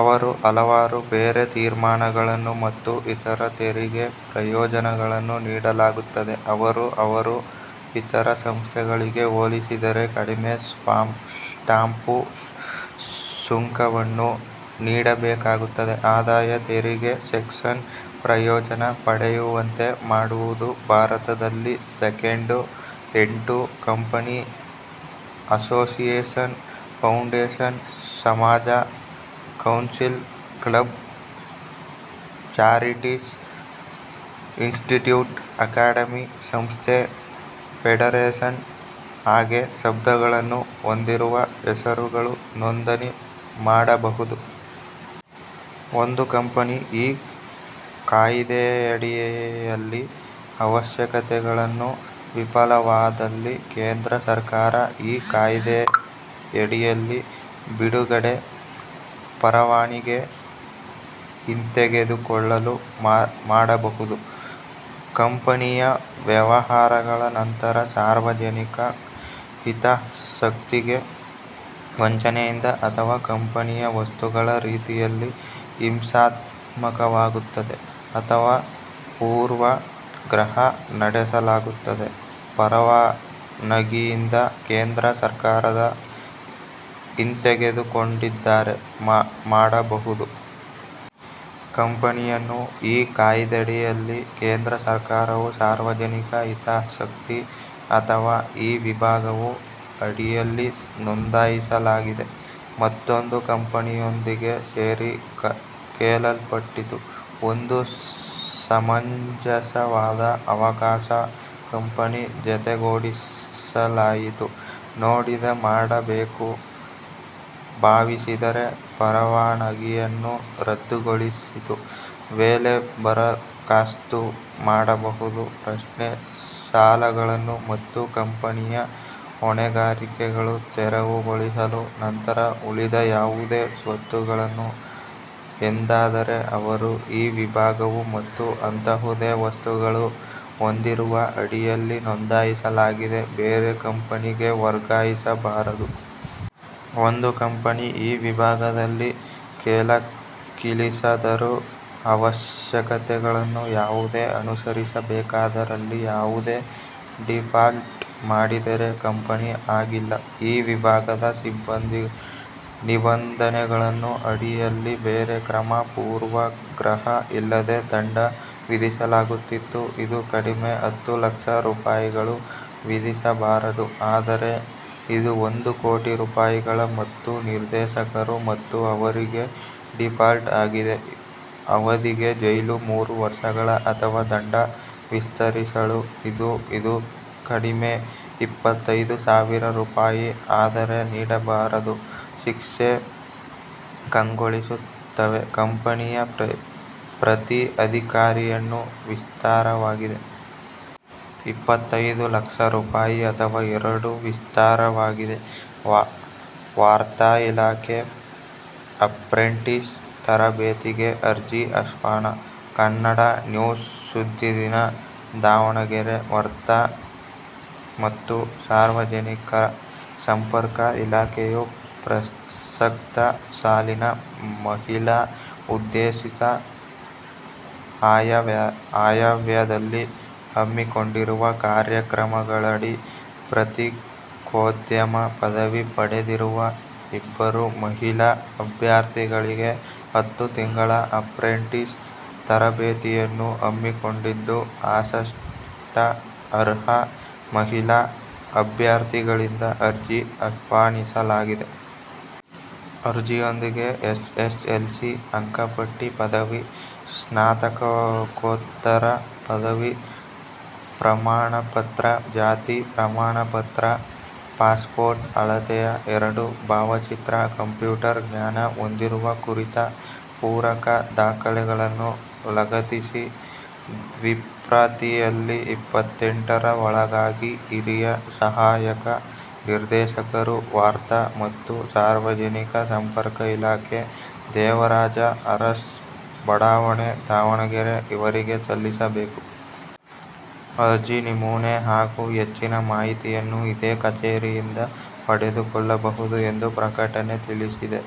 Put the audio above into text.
ಅವರು ಹಲವಾರು ಬೇರೆ ತೀರ್ಮಾನಗಳನ್ನು ಮತ್ತು ಇತರ ತೆರಿಗೆ ಪ್ರಯೋಜನಗಳನ್ನು ನೀಡಲಾಗುತ್ತದೆ. ಅವರು ಅವರು ಇತರ ಸಂಸ್ಥೆಗಳಿಗೆ ಹೋಲಿಸಿದರೆ ಕಡಿಮೆ ಸ್ಟಾಂಪು ಸುಂಕವನ್ನು ನೀಡಬೇಕಾಗುತ್ತದೆ ಆದಾಯ ತೆರಿಗೆ ಸೆಕ್ಷನ್ ಪ್ರಯೋಜನ ಪಡೆಯುವಂತೆ ಮಾಡುವುದು. ಭಾರತದಲ್ಲಿ ಸೆಕೆಂಡು ಎಂಟು ಕಂಪನಿ ಅಸೋಸಿಯೇಷನ್, ಫೌಂಡೇಶನ್, ಸಮಾಜ, council, club, charities, institute, academy, ಸಂಸ್ಥೆ, ಫೆಡರೇಷನ್ ಹಾಗೆ ಶಬ್ದಗಳನ್ನು ಹೊಂದಿರುವ ಹೆಸರುಗಳು ನೋಂದಣಿ ಮಾಡಬಹುದು. ಒಂದು ಕಂಪನಿ ಈ ಕಾಯಿದೆಯಡಿಯಲ್ಲಿ ಅವಶ್ಯಕತೆಗಳನ್ನು ವಿಫಲವಾದಲ್ಲಿ ಕೇಂದ್ರ ಸರ್ಕಾರ ಈ ಕಾಯಿದೆಯಡಿಯಲ್ಲಿ ಬಿಡುಗಡೆ ಪರವಾನಿಗೆ ಹಿಂತೆಗೆದುಕೊಳ್ಳಲು ಮಾಡಬಹುದು. ಕಂಪನಿಯ ವ್ಯವಹಾರಗಳ ನಂತರ ಸಾರ್ವಜನಿಕ ಹಿತಾಸಕ್ತಿಗೆ ವಂಚನೆಯಿಂದ ಅಥವಾ ಕಂಪನಿಯ ವಸ್ತುಗಳ ರೀತಿಯಲ್ಲಿ ಹಿಂಸಾತ್ಮಕವಾಗುತ್ತದೆ ಅಥವಾ ಪೂರ್ವಗ್ರಹ ನಡೆಸಲಾಗುತ್ತದೆ ಪರವಾನಗಿಯಿಂದ ಕೇಂದ್ರ ಸರ್ಕಾರದ ಹಿಂತೆಗೆದುಕೊಂಡಿದ್ದಾರೆ ಮಾಡಬಹುದು. ಕಂಪನಿಯನ್ನು ಈ ಕಾಯಿದೆಯಡಿಯಲ್ಲಿ ಕೇಂದ್ರ ಸರ್ಕಾರವು ಸಾರ್ವಜನಿಕ ಹಿತಾಸಕ್ತಿ ಅಥವಾ ಈ ವಿಭಾಗವು ಅಡಿಯಲ್ಲಿ ನೋಂದಾಯಿಸಲಾಗಿದೆ ಮತ್ತೊಂದು ಕಂಪನಿಯೊಂದಿಗೆ ಸೇರಿ ಕೇಳಲ್ಪಟ್ಟಿತು ಒಂದು ಸಮಂಜಸವಾದ ಅವಕಾಶ ಕಂಪನಿ ಜತೆಗೂಡಿಸಲಾಯಿತು ನೀಡಿದ ಮಾಡಬೇಕು ಭಾವಿಸಿದರೆ ಪರವಾನಗಿಯನ್ನು ರದ್ದುಗೊಳಿಸಿತು ವೇಳೆ ಬರಖಾಸ್ತು ಮಾಡಬಹುದು. ಪ್ರಶ್ನೆ ಸಾಲಗಳನ್ನು ಮತ್ತು ಕಂಪನಿಯ ಹೊಣೆಗಾರಿಕೆಗಳು ತೆರವುಗೊಳಿಸಲು ನಂತರ ಉಳಿದ ಯಾವುದೇ ಸ್ವತ್ತುಗಳನ್ನು ಎಂದಾದರೆ ಅವರು ಈ ವಿಭಾಗವು ಮತ್ತು ಅಂತಹುದೇ ವಸ್ತುಗಳು ಹೊಂದಿರುವ ಅಡಿಯಲ್ಲಿ ನೋಂದಾಯಿಸಲಾಗಿದೆ ಬೇರೆ ಕಂಪನಿಗೆ ವರ್ಗಾಯಿಸಬಾರದು. ಒಂದು ಕಂಪನಿ ಈ ವಿಭಾಗದಲ್ಲಿ ಕೆಳಕ್ಕಿಳಿಸಿದರು ಅವಶ್ಯಕತೆಗಳನ್ನು ಯಾವುದೇ ಅನುಸರಿಸಬೇಕಾದ ರಲ್ಲಿ ಯಾವುದೇ ಡೀಫಾಲ್ಟ್ ಮಾಡಿದರೆ ಕಂಪನಿ ಹಾಗಿಲ್ಲ ಈ ವಿಭಾಗದ ನಿಬಂಧನೆಗಳನ್ನು ಅಡಿಯಲ್ಲಿ ಬೇರೆ ಕ್ರಮ ಪೂರ್ವಾಗ್ರಹ ಇಲ್ಲದೆ ದಂಡ ವಿಧಿಸಲಾಗುತ್ತಿತ್ತು. ಇದು ಕಡಿಮೆ ಹತ್ತು ಲಕ್ಷ ರೂಪಾಯಿಗಳು ವಿಧಿಸಬಾರದು ಆದರೆ ಇದು ಒಂದು ಕೋಟಿ ರೂಪಾಯಿಗಳ ಮತ್ತು ನಿರ್ದೇಶಕರು ಮತ್ತು ಅವರಿಗೆ ಡೀಫಾಲ್ಟ್ ಆಗಿದೆ ಅವಧಿಗೆ ಜೈಲು ಮೂರು ವರ್ಷಗಳ ಅಥವಾ ದಂಡ ವಿಸ್ತರಿಸಲು ಇದು ಇದು ಕಡಿಮೆ ಇಪ್ಪತ್ತೈದು ಸಾವಿರ ರೂಪಾಯಿ ಆದರೆ ನೀಡಬಾರದು ಶಿಕ್ಷೆ ಕಂಗೊಳಿಸುತ್ತವೆ ಕಂಪೆನಿಯ ಪ್ರತಿ ಅಧಿಕಾರಿಯನ್ನು ವಿಸ್ತಾರವಾಗಿದೆ. ಇಪ್ಪತ್ತೈದು ಲಕ್ಷ ರೂಪಾಯಿ ಅಥವಾ ಎರಡೂ ವಿಸ್ತಾರವಾಗಿದೆ. ವಾರ್ತಾಇಲಾಖೆ ಅಪ್ರೆಂಟಿಸ್ ತರಬೇತಿಗೆ ಅರ್ಜಿ ಆಹ್ವಾನ ಕನ್ನಡ ನ್ಯೂಸ್ ಸುದ್ದಿದಿನ, ದಾವಣಗೆರೆ ವಾರ್ತಾ ಮತ್ತು ಸಾರ್ವಜನಿಕ ಸಂಪರ್ಕ ಇಲಾಖೆಯು ಪ್ರಸಕ್ತ ಸಾಲಿನ ಮಹಿಳಾ ಉದ್ದೇಶಿತ ಆಯವ್ಯದಲ್ಲಿ ಹಮ್ಮಿಕೊಂಡಿರುವ ಕಾರ್ಯಕ್ರಮಗಳಡಿ ಪತ್ರಿಕೋದ್ಯಮ ಪದವಿ ಪಡೆದಿರುವ ಇಬ್ಬರು ಮಹಿಳಾ ಅಭ್ಯರ್ಥಿಗಳಿಗೆ ಹತ್ತು ತಿಂಗಳ ಅಪ್ರೆಂಟಿಸ್ ತರಬೇತಿಯನ್ನು ಹಮ್ಮಿಕೊಂಡಿದ್ದು ಆಸಕ್ತ ಅರ್ಹ ಮಹಿಳಾ ಅಭ್ಯರ್ಥಿಗಳಿಂದ ಅರ್ಜಿ ಆಹ್ವಾನಿಸಲಾಗಿದೆ. ಅರ್ಜಿಯೊಂದಿಗೆ ಎಸ್ಎಸ್ಎಲ್ಸಿ ಅಂಕಪಟ್ಟಿ ಪದವಿ ಸ್ನಾತಕೋತ್ತರ ಪದವಿ ಪ್ರಮಾಣಪತ್ರ, ಜಾತಿ ಪ್ರಮಾಣಪತ್ರ, ಪಾಸ್ಪೋರ್ಟ್ ಅಳತೆಯ ಎರಡು ಭಾವಚಿತ್ರ, ಕಂಪ್ಯೂಟರ್ ಜ್ಞಾನ ಹೊಂದಿರುವ ಕುರಿತ ಪೂರಕ ದಾಖಲೆಗಳನ್ನು ಲಗತ್ತಿಸಿ ದ್ವಿಪ್ರತಿಯಲ್ಲಿ ಇಪ್ಪತ್ತೆಂಟರ ಒಳಗಾಗಿ ಹಿರಿಯ ಸಹಾಯಕ ನಿರ್ದೇಶಕರು, ವಾರ್ತಾ ಮತ್ತು ಸಾರ್ವಜನಿಕ ಸಂಪರ್ಕ ಇಲಾಖೆ, ದೇವರಾಜ ಅರಸ್ ಬಡಾವಣೆ, ದಾವಣಗೆರೆ ಇವರಿಗೆ ಸಲ್ಲಿಸಬೇಕು. ಅರ್ಜಿ ನಮೂನೆ ಹಾಗೂ ಹೆಚ್ಚಿನ ಮಾಹಿತಿಯನ್ನು ಇದೇ ಕಚೇರಿಯಿಂದ ಪಡೆದುಕೊಳ್ಳಬಹುದು ಎಂದು ಪ್ರಕಟಣೆ ತಿಳಿಸಿದೆ.